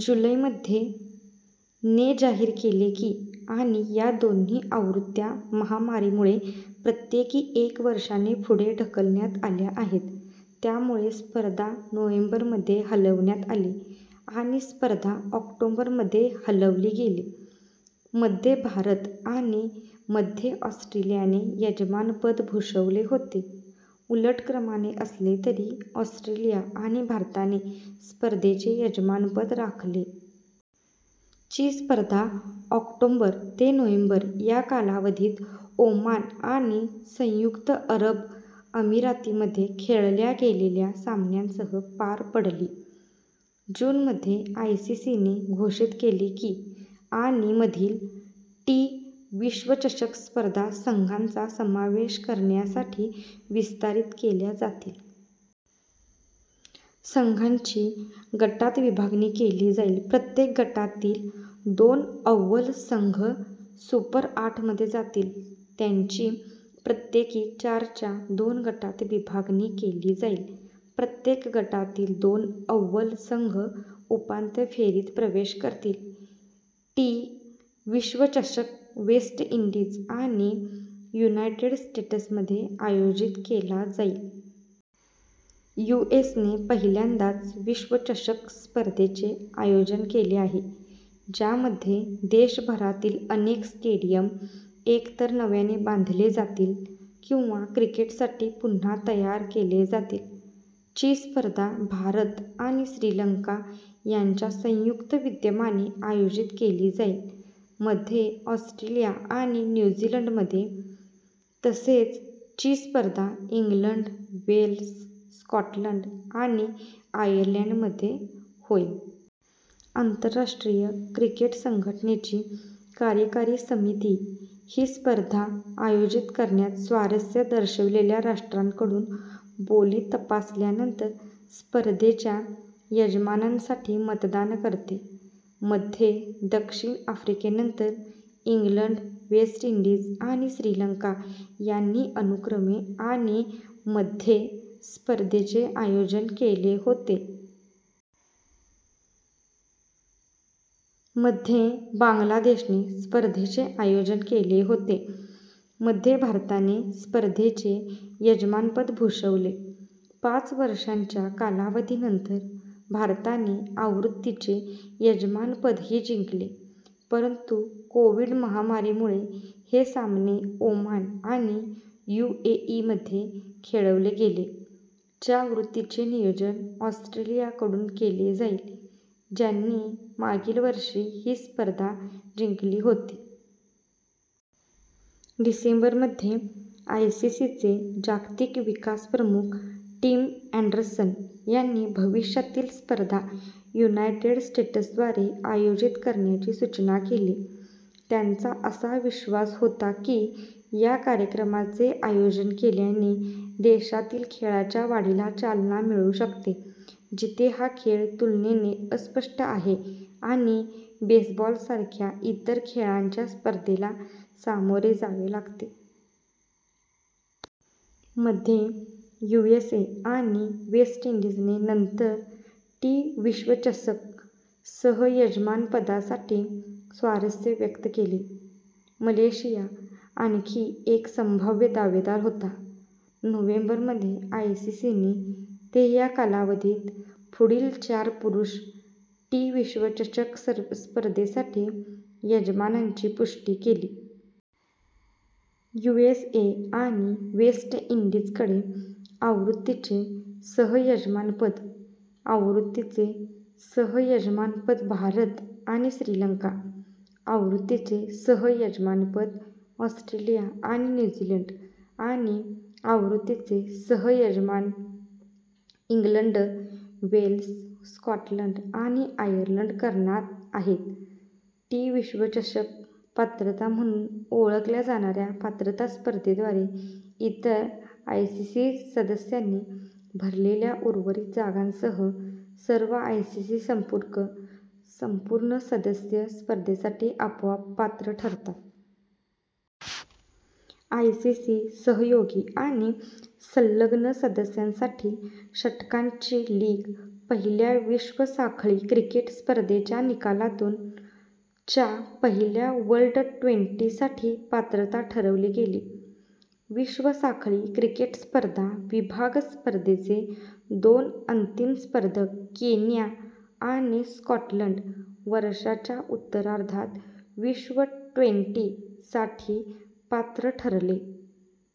जुलै मध्ये, ने जाहीर केले की आणि या दोन्ही आवृत्त्या महामारीमुळे प्रत्येकी एक वर्षाने पुढे ढकलण्यात आल्या आहेत. त्यामुळे, स्पर्धा नोव्हेंबर मध्ये हलविण्यात आली आणि स्पर्धा ऑक्टोबर मध्ये हलवली गेली. मध्ये भारत आणि मध्ये ऑस्ट्रेलियाने यजमानपद भूषवले होते, उलट क्रमाने असले तरी ऑस्ट्रेलिया आणि भारताने स्पर्धेचे यजमानपद राखले. ची स्पर्धा ऑक्टोबर ते नोव्हेंबर या कालावधीत ओमान आणि संयुक्त अरब अमिरातीमध्ये खेळल्या गेलेल्या सामन्यांसह पार पडली.। जून मध्ये, आयसीसीने घोषित केले की,, आणि मधील टी विश्वचषक स्पर्धा संघांचा समावेश करण्यासाठी विस्तारित केल्या जातील. संघांची गटात विभागणी केली जाईल, प्रत्येक गटातील दोन अव्वल संघ सुपर आठमध्ये जातील. त्यांची प्रत्येकी चारच्या दोन गटात विभागणी केली जाईल, प्रत्येक गटातील दोन अव्वल संघ उपांत्य फेरीत प्रवेश करतील. टी विश्वचषक वेस्ट इंडीज आणि युनायटेड स्टेट्समध्ये आयोजित केला जाईल. यूएसने पहिल्यांदाच विश्वचषक स्पर्धेचे आयोजन केले आहे, ज्यामध्ये देशभरातील अनेक स्टेडियम एकतर नव्याने बांधले जातील किंवा क्रिकेटसाठी पुन्हा तयार केले जातील. ची स्पर्धा भारत आणि श्रीलंका यांच्या संयुक्त विद्यमाने आयोजित केली जाईल, मध्ये ऑस्ट्रेलिया आणि न्यू झीलंडमध्ये तसेच ची स्पर्धा इंग्लंड, वेल्स, स्कॉटलंड आणि आयर्लंडमध्ये होईल. आंतरराष्ट्रीय क्रिकेट संघटनेची कार्यकारी समिती ही स्पर्धा आयोजित करण्यात स्वारस्य दर्शविलेल्या राष्ट्रांकडून बोली तपासल्यानंतर स्पर्धेच्या यजमानांसाठी मतदान करते. मध्ये दक्षिण आफ्रिकेनंतर, इंग्लंड, वेस्ट इंडीज आणि श्रीलंका यांनी अनुक्रमे, आणि मध्ये स्पर्धेचे आयोजन केले होते. मध्ये बांगलादेशने स्पर्धेचे आयोजन केले होते. मध्ये भारताने स्पर्धेचे यजमानपद भूषवले. पाच वर्षांच्या कालावधीनंतर, भारताने आवृत्तीचे यजमानपदही जिंकले, परंतु कोविड- महामारीमुळे हे सामने ओमान आणि युएई मध्ये खेळवले गेले. च्या आवृत्तीचे आयोजन ऑस्ट्रेलियाकडून केले जाईल, ज्यांनी मागील वर्षी ही स्पर्धा जिंकली होती. डिसेंबर मध्ये, आयसीसीचे जागतिक विकास प्रमुख, टिम अँडरसन यांनी भविष्यातील स्पर्धा युनायटेड स्टेट्सद्वारे आयोजित करण्याची सूचना केली. त्यांचा असा विश्वास होता की या कार्यक्रमाचे आयोजन केल्याने देशातील खेळाच्या वाढीला चालना मिळू शकते, जिथे हा खेळ तुलनेने अस्पष्ट आहे आणि बेसबॉल सारख्या इतर खेळांच्या स्पर्धेला सामोरे जावे लागते. मध्ये, यूएसए आणि वेस्ट इंडीजने नंतर टी विश्वचषक सह-यजमानपदासाठी स्वारस्य व्यक्त केले, मलेशिया आणखी एक संभाव्य दावेदार होता. नोव्हेंबर मध्ये, आयसीसीने ते या कालावधीत पुढील चार पुरुष टी विश्वचषक स्पर्धेसाठी यजमानांची पुष्टी केली. यूएसए आणि वेस्ट इंडीजकडे आवृत्तीचे सह-यजमानपद, आवृत्तीचे सह-यजमानपद भारत आणि श्रीलंका, आवृत्तीचे सह-यजमानपद ऑस्ट्रेलिया आणि न्यू झीलंड आणि आवृत्तीचे सह-यजमान इंग्लंड, वेल्स, स्कॉटलंड आणि आयर्लंड करणार आहेत. टी विश्वचषक पात्रता म्हणून ओळखल्या जाणार्या पात्रता स्पर्धेद्वारे इतर आयसीसी सदस्यांनी भरलेल्या उर्वरित जागांसह, सर्व आयसीसी संपूर्ण सदस्य स्पर्धेसाठी आपोआप पात्र ठरतात. आयसीसी सहयोगी आणि संलग्न सदस्यांसाठी षटकांची लीग पहिल्या विश्व साखळी क्रिकेट स्पर्धेच्या निकालातून च्या पहिल्या वर्ल्ड ट्वेंटी साठी पात्रता ठरवली गेली. विश्व साखळी क्रिकेट स्पर्धा विभाग स्पर्धेचे दोन अंतिम स्पर्धक, केन्या आणि स्कॉटलंड, वर्षाच्या उत्तरार्धात विश्व ट्वेंटी साठी पात्र ठरले.